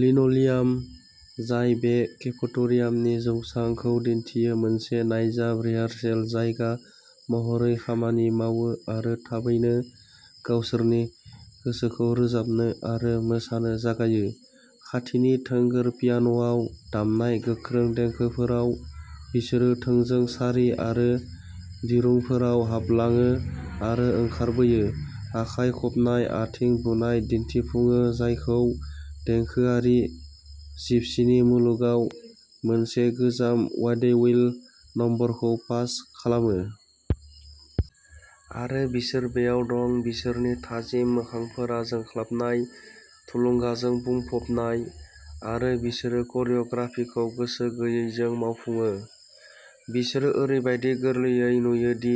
लिन'लियाम जाय बे केफट'रियामनि "जौसां" खौ दिन्थियो, मोनसे नायजाब रिहार्सेल जायगा महरै खामानि मावो आरो थाबैनो गावसोरनि गोसोखौ रोजाबनो आरो मोसानो जागायो। खाथिनि थोंगोर पियान'आव दामनाय गोख्रों देंखोफोराव, बिसोरो थोंजों सारि आरो दिरुंफोराव हाबलाङो आरो ओंखारबोयो, आखाइ खबनाय, आथिं बुनाय, दिन्थिफुङो जायखौ, देंखोआरि जिपसीनि मुलुगाव, मोनसे गोजाम वाडेविल नम्बरखौ पास खालामो। आरो बिसोर बेयाव दं बिसोरनि थाजिम मोखांफोरा जोंख्लाबनाय, थुलुंगाजों बुंफबनाय, आरो बिसोरो करिय'ग्राफिखौ गोसो गैयैजों मावफुंयो। बिसोरो ओरैबादि गोरलैयै नुयो दि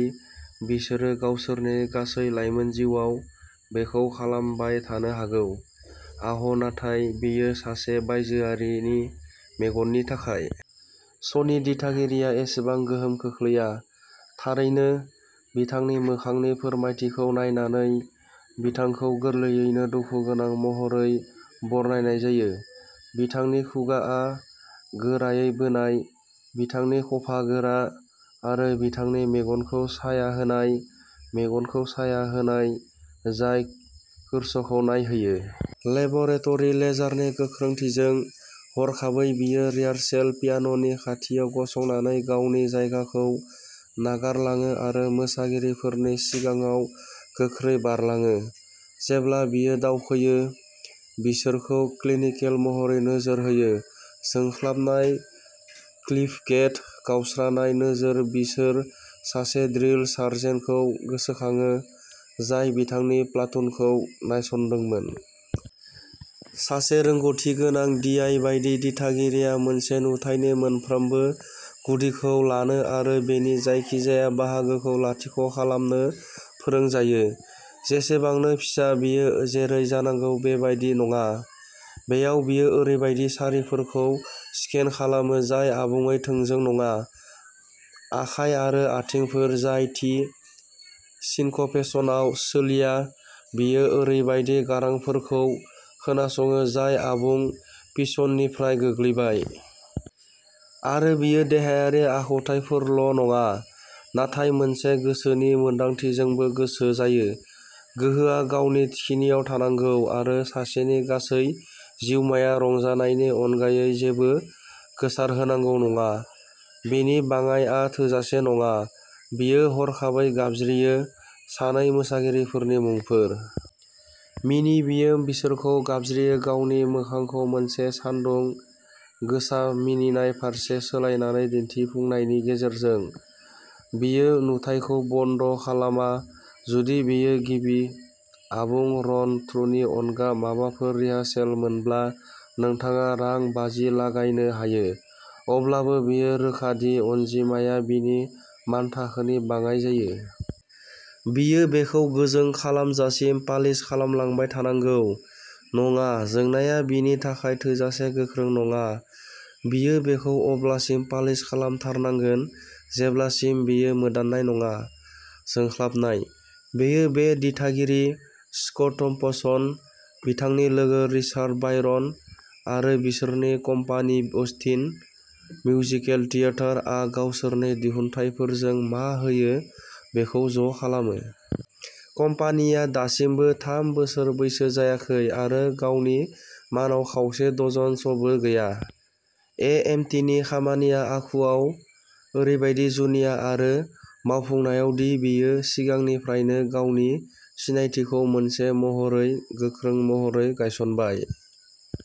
बिसोरो गावसोरनि गासै लाइमोन जिउआव बेखौ खालामबाय थानो हागौ। आह, नाथाय बेयो सासे बायजोआरिनि मेगननि थाखाय। श'नि दिथागिरिया एसेबां गोहोम खोख्लैया। थारैनो, बिथांनि मोखांनि फोरमायथिखौ नायनानै, बिथांखौ गोरलैयैनो दुखुगोनां महरै बरनायनाय जायो। बिथांनि खुगाआ गोरायै बोनाय, बिथांनि खभा गोरा, आरो बिथांनि मेगनखौ साया होनाय, मेगनखौ साया होनाय, जाय कोरसखौ नायहैयो। लेब'रेटरी लेजारनि गोख्रोंथिजों। हरखाबै, बियो रिहार्सेल पियान'नि खाथियाव गसंनानै गावनि जायगाखौ नागारलाङो आरो मोसागिरिफोरनि सिगाङाव गोख्रै बारलाङो, जेब्ला बियो दावखोयो, बिसोरखौ क्लिनिकेल महरै नोजोर होयो। जोंख्लाबनाय, क्लिप्ड गेट, गावस्रानाय नोजोर, बिसोर सासे ड्रिल सार्जेन्टखौ गोसोखांओ, जाय बिथांनि प्लातुनखौ नायसंदोंमोन। सासे रोंग'थिगोनां डी. आई. बायदि, दिथागिरिया मोनसे नुथायनि मोनफ्रोमबो गुदिखौ लानो आरो बेनि जायखिजाया बाहागोखौ लाथिख'खालामनो फोरोंजायो, जेसेबांनो फिसा, बेयो जेरै जानांगौ बेबायदि नङा। बेयाव, बियो ओरैबायदि सारिफोरखौ स्केन खालामो जाय आबुङै थोंजों नङा, आखाइ आरो आथिंफोर जाय थि सिनक'पेसनआव सोलिया; बियो ओरैबायदि गारांफोरखौ खोनासङो जाय आबुं पिचनिफ्राय गोग्लैबाय। आरो बियो देहायारि आखुथायफोरल'नङा, नाथाय मोनसे गोसोनि मोनदांथिजोंबो गोसो जायो। गोहोआ गावनि थिखिनियाव थानांगौ आरो सासेनि गासै जिउमाया रंजानायनि अनगायै जेबो गोसारहोनांगौ नङा। बेनि बाङाइआ थोजासे नङा। बियो हरखाबै गाबज्रियो। सानै मोसागिरिफोरनि मुंफोर। "मिनि!" बियो बिसोरखौ गाबज्रियो, गावनि मोखांखौ मोनसे सानदुं गोसा मिनिनाय फारसे सोलायनानै दिन्थिफुंनायनि गेजेरजों। बियो नुथायखौ बन्द'खालामा-- जुदि बेयो गिबि आबुं रन-थुनि अनगा माबाफोर रिहार्सेलमोनब्ला, नोंथाङा रां बाजि लागायनो हायो-- अब्लाबो, बेयो रोखा दि अनजिमाया बिनि मानथाखोनि बाङाइ जायो। बियो बेखौ गोजों खालामजासिम पालिश खालामलांबाय थानांगौ-- नङा, जोंनाया बिनि थाखाय थोजासे गोख्रों नङा; बियो बेखौ अब्लासिम पालिश खालामथारनांगोन जेब्लासिम बियो मोदाननाय नङा। जोंख्लाबनाय। बियो बे दिथागिरि, स्कट थम्पसन, बिथांनि लोगो रिचार्ड बायरन, आरो बिसोरनि कम्पानि अस्टिन मिउजिकेल थियाटार आ गावसोरनि दिहुनथायफोरजों मा होयो बेखौ ज'खालामो। कम्पानिआ दासिमबो थाम बोसोर बैसो जायाखै आरो गावनि मानआव खावसे-डजन श'बो गैया, एएमटीनि खामानिया आखुआव ओरैबादि जुनिया आरो मावफुंनायाव दि बेयो सिगांनिफ्रायनो गावनि सिनायथिखौ मोनसे महरै गोख्रों महरै गायसनबाय।